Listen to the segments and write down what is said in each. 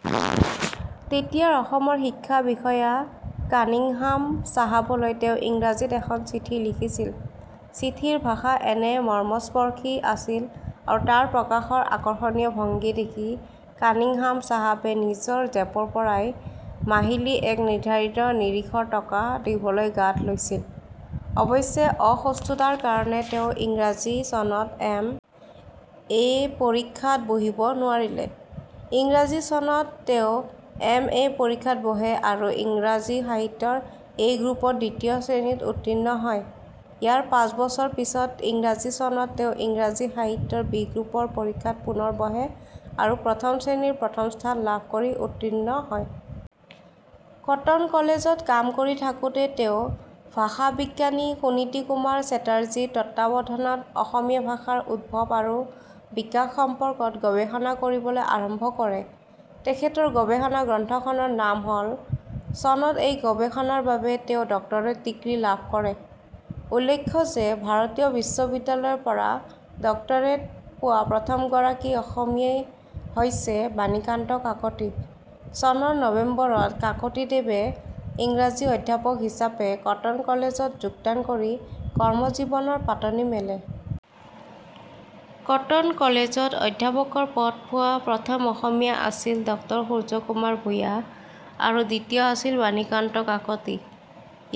তেতিয়াৰ অসমৰ শিক্ষা বিষয়া কানিংহাম চাহাবলৈ তেওঁ ইংৰাজীত এখন চিঠি লিখিছিল৷ চিঠিৰ ভাষা এনে মৰ্মস্পৰ্শী আছিল আৰু তাৰ প্ৰকাশৰ আকৰ্ষণীয় ভংগী দেখি কানিংহাম চাহাবে নিজৰ জেপৰ পৰাই মাহিলী এক নিৰ্ধাৰিত নিৰিখৰ টকা দিবলৈ গাত লৈছিল৷ অৱশ্যে, অসুস্থতাৰ কাৰণে তেওঁ ইংৰাজী চনত এম. এ. পৰীক্ষাত বহিব নোৱাৰিলে। ইংৰাজী চনত তেওঁ এম. এ. পৰীক্ষাত বহে আৰু ইংৰাজী সাহিত্যৰ 'এ' গ্ৰুপত দ্বিতীয় শ্ৰেণীত উত্তীৰ্ণ হয়। ইয়াৰ পাঁচ বছৰ পিছত ইংৰাজী চনত তেওঁ ইংৰাজী সাহিত্যৰ 'বি' গ্ৰুপৰ পৰীক্ষাত পুনৰ বহে আৰু প্ৰথম শ্ৰেণীৰ প্ৰথম স্থান লাভ কৰি উত্তীৰ্ণ হয়। কটন কলেজত কাম কৰি থাকোঁতে তেওঁ ভাষাবিজ্ঞানী সুনীতিকুমাৰ চেটাৰ্জীৰ তত্ত্বাৱধানত অসমীয়া ভাষাৰ উদ্ভৱ আৰু বিকাশ সম্পৰ্কত গৱেষণা কৰিবলৈ আৰম্ভ কৰে৷ তেখেতৰ গৱেষণা গ্ৰন্থখনৰ নাম হ'ল- ':.' চনত এই গৱেষণাৰ বাবে তেওঁ ডক্টৰেট ডিগ্ৰী লাভ কৰে৷ উল্লেখ্য যে ভাৰতীয় বিশ্ববিদ্যালয়ৰপৰা ডক্টৰেট পোৱা প্ৰথমগৰাকী অসমীয়া হৈছে বাণীকান্ত কাকতি৷ চনৰ নবেম্বৰত কাকতিদেৱে ইংৰাজীৰ অধ্যাপক হিচাপে কটন কলেজ ত যোগদান কৰি কৰ্মজীৱনৰ পাতনি মেলে। কটন কলেজত অধ্যাপকৰ পদ পোৱা প্ৰথম অসমীয়া আছিল ড সূৰ্য্যকুমাৰ ভূঞা আৰু দ্বিতীয় আছিল বাণীকান্ত কাকতি৷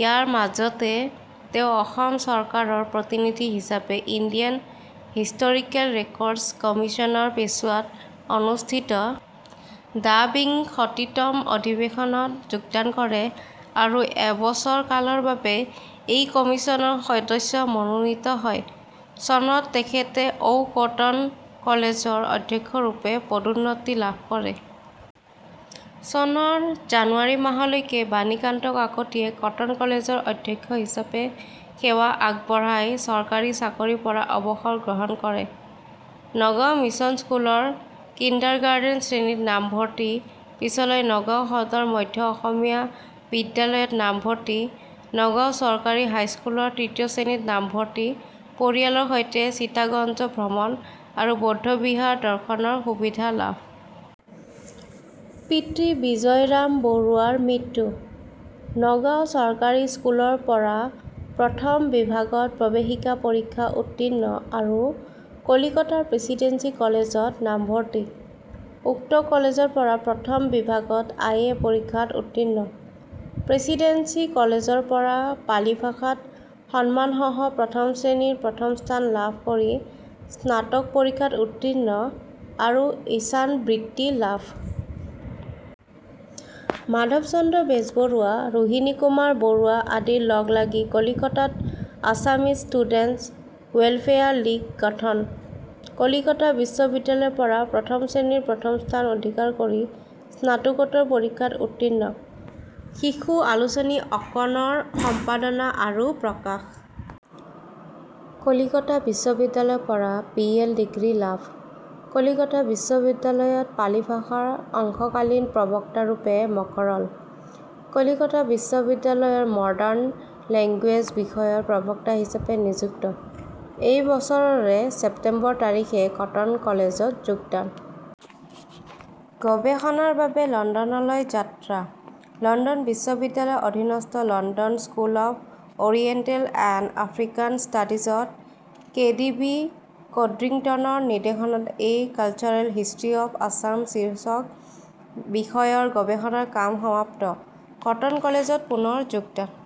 ইয়াৰ মাজতে তেওঁ অসম চৰকাৰৰ প্ৰতিনিধি হিচাপে ইণ্ডিয়ান হিষ্টৰিকেল ৰেকৰ্ডছ্ কমিছনৰ পেছোৱাত অনুষ্ঠিত দ্বাবিংশতিতম অধিৱেশনত যোগদান কৰে আৰু এবছৰ কালৰ বাবে এই কমিছনৰ সদস্য মনোনীত হয়৷ চনত তেখেতে ঔ কটন কলেজৰ অধ্যক্ষ ৰূপে পদোন্নতি লাভ কৰে। চনৰ জানুৱাৰী মাহলৈকে বাণীকান্ত কাকতিয়ে কটন কলেজৰ অধ্যক্ষ হিচাপে সেৱা আগবঢ়াই চৰকাৰী চাকৰিৰ পৰা অৱসৰ গ্ৰহণ কৰে।: নগাঁও মিচন স্কুলৰ কিণ্ডাৰগাৰ্টেন শ্ৰেণীত নাম ভৰ্তি, পিচলৈ নগাঁও সদৰ মধ্য অসমীয়া বিদ্যালয়ত নামভৰ্তি: নগাঁও চৰকাৰী হাইস্কুলৰ তৃতীয় শ্ৰেণীত নামভৰ্তি: পৰিয়ালৰ সৈতে চিতাগঞ্জ ভ্ৰমণ আৰু বৌদ্ধ বিহাৰ দৰ্শনৰ সুবিধা লাভ।: পিতৃ বিজয়ৰাম বৰুৱাৰ মৃত্যু।: নগাঁও চৰকাৰী স্কুলৰ পৰা প্ৰথম বিভাগত প্ৰৱেশিকা পৰীক্ষা উৰ্ত্তীণ আৰু কলিকতাৰ প্ৰেচিডেন্সি কলেজত নামভৰ্তি।: উক্ত কলেজৰ পৰা প্ৰথম বিভাগত আই এ পৰীক্ষাত উৰ্ত্তীণ।: প্ৰেচিডেন্সি কলেজৰ পৰা পালি ভাষাত সন্মান সহ প্ৰথম শ্ৰেণীৰ প্ৰথম স্থান লাভ কৰি স্নাতক পৰীক্ষাত উৰ্ত্তীণ আৰু 'ঈশান' বৃত্তি লাভ। মাধৱচন্দ্ৰ বেজবৰুৱা, ৰোহিণীকুমাৰ বৰুৱা আদিৰ লগ লাগি কলিকতাত আছামিজ ষ্টুডেণ্টছ্ ৱেলফেয়াৰ লীগ গঠন।: কলিকতা বিশ্ববিদ্যালয়ৰ পৰা প্ৰথম শ্ৰেণীৰ প্ৰথম স্থান অধিকাৰ কৰি স্নাতকোত্তৰ পৰীক্ষাত উৰ্ত্তীণ।: শিশু আলোচনী 'অকণ'ৰ সম্পাদনা আৰু প্ৰকাশ।: কলিকতা বিশ্ববিদ্যালয়ৰ পৰা বি এল ডিগ্ৰী লাভ।: কলিকতা বিশ্ববিদ্যালয়ত পালি ভাষাৰ অংশকালীন প্ৰবক্তা ৰূপে মকৰল।: কলিকতা বিশ্ববিদ্যালয়ৰ মডাৰ্ণ লেংগুৱেজ বিষয়ৰ প্ৰবক্তা হিচাপে নিযুক্ত। এই বছৰৰে ছেপ্টেম্বৰ তাৰিখে কটন কলেজত যোগদান।: গৱেষণাৰ বাবে লণ্ডনলৈ যাত্ৰা।: লণ্ডন বিশ্ববিদ্যালয়ৰ অধীনস্থ ' London school of oriental and African studies 'ত কে ডি বি কড্ৰিংটনৰ নিৰ্দেশনাত a cultural history of Assam শীৰ্ষক বিষয়ৰ গৱেষণাৰ কাম সমাপ্ত। কটন কলেজত পুনৰ যোগদান।